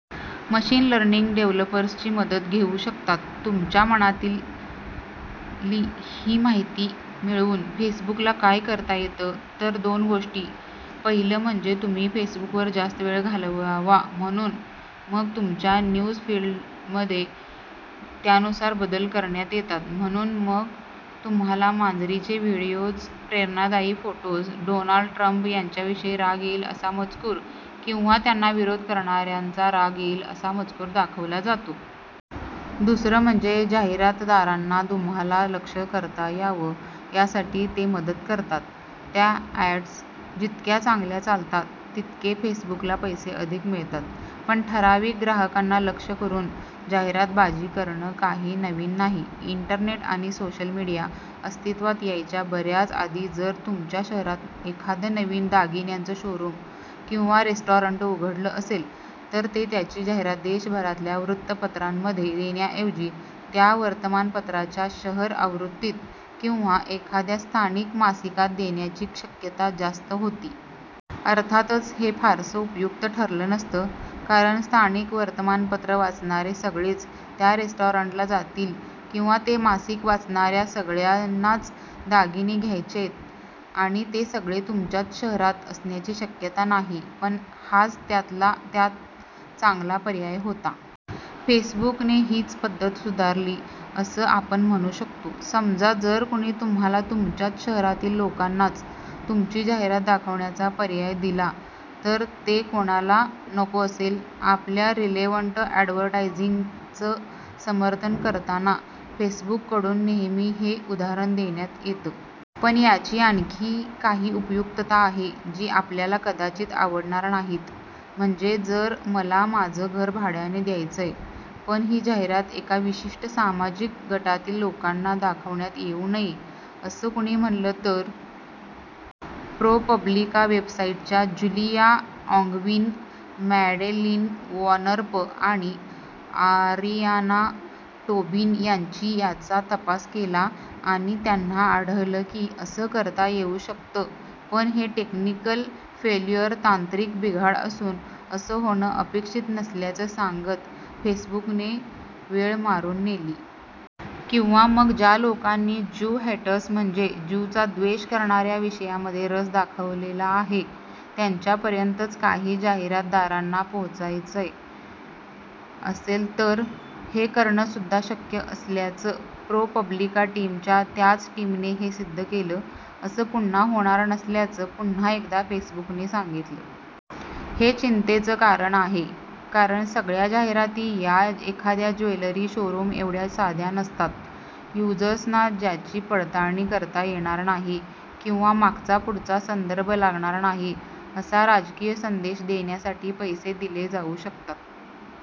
Machine learning डेव्हलपर्सची मदत घेऊ शकतात. तुमच्या मनातली ही माहिती मिळवून फेसबुकला काय करता येतं? तर दोन गोष्टी पहिलं म्हणजे तुम्ही फेसबुकवर जास्त वेळ घालवावा म्हणून मग तुमच्या न्यूजफीडमध्ये त्यानुसार बदल करण्यात येतात. म्हणून मग तुम्हाला मांजरींचे व्हिडिओज, प्रेरणादायी फोटोज, डोनाल्ड ट्रंप यांच्याविषयी राग येईल असा मजकूर किंवा त्यांना विरोध करणाऱ्यांचा राग येईल असा मजकूर दाखवला जातो. दुसरं म्हणजे जाहिरातदारांना तुम्हाला लक्ष करता यावं, यासाठी ते मदत करतात. त्या अॅड्स जितक्या चांगल्या चालतात, तितके फेसबुकला पैसे अधिक मिळतात. पण ठराविक ग्राहकांना लक्ष्य करून जाहिरातबाजी करणं काही नवीन नाही. इंटरनेट आणि सोशल मीडिया अस्तित्त्वात यायच्या बऱ्याच आधी जर तुमच्या शहरात एखादं नवीन दागिन्यांचं शोरूम किंवा रेस्टॉरंट उघडलं असेल तर ते त्याची जाहिरात देशभरातल्या वृत्तपत्रांमध्ये देण्याऐवजी त्या वर्तमानपत्राच्या शहर आवृत्तीत किंवा एखाद्या स्थानिक मासिकात देण्याची शक्यता जास्तच होती. अर्थातच हे फारसं उपयुक्त ठरलं नसतं, कारण स्थानिक वर्तमानपत्रं वाचणारे सगळेच त्या रेस्टॉरंटला जातील किंवा ते मासिक वाचणाऱ्या सगळ्यांनाच दागिने घ्यायचेत आणि ते सगळे तुमच्याच शहरात असण्याची शक्यता नाही. पण हाच त्यातल्या त्यात चांगला पर्याय होता. फेसबुकने हीच पद्धत सुधारली, असं आपण म्हणू शकतो. समजा जर कुणी तुम्हाला तुमच्याच शहरातील लोकांनाच तुमची जाहिरात दाखवण्याचा पर्याय दिला तर ते कुणाला नको असेल? आपल्या 'रिलेव्हंट अॅडव्हर्टायझिंग'चं समर्थन करताना फेसबुककडून नेहमी हे उदाहरण देण्यात येतं. पण याची आणखी काही उपयुक्तता आहे, जी आपल्याला कदाचित आवडणार नाहीत. म्हणजे जर मला माझं घर भाड्याने द्यायचंय, पण ही जाहिरात एका विशिष्ट सामाजिक गटातील लोकांना दाखवण्यात येऊ नये, असं कुणी म्हटलं तर? प्रो-पब्लिका वेबसाईटच्या ज्युलिया आँगविन, मॅडेलीन वॉर्नप आणि आरियाना टोबिन यांची याचा तपास केला. आणि त्यांना आढळलं की असं करता येऊ शकतं. पण हे 'टेक्निकल फेल्युअर' तांत्रिक बिघाड असून असं होणं अपेक्षित नसल्याचं सांगत फेसबुकने वेळ मारून नेली. किंवा मग ज्या लोकांनी 'ज्यू हेटर्स' म्हणजे ज्यूंचा द्वेष करणाऱ्या विषयांमध्ये रस दाखवलेला आहे, त्यांच्यापर्यंतच काही जाहिरातदारांना पोहोचायचं असेल तर? हे करणंसुद्धा शक्य असल्याचं प्रो-पब्लिका टीमच्या त्याच टीमने हे सिद्ध केलं. असं पुन्हा होणार नसल्याचं पुन्हा एकदा फेसबुकने सांगितलं. हे चिंतेचं कारण आहे, कारण सगळ्या जाहिराती या एखाद्या ज्वेलरी शोरूमएवढ्या साध्या नसतात. युजर्सना ज्याची पडताळणी करता येणार नाही किंवा मागचापुढचा संदर्भ लागणार नाही, असा राजकीय संदेश देण्यासाठी पैसे दिले जाऊ शकतात.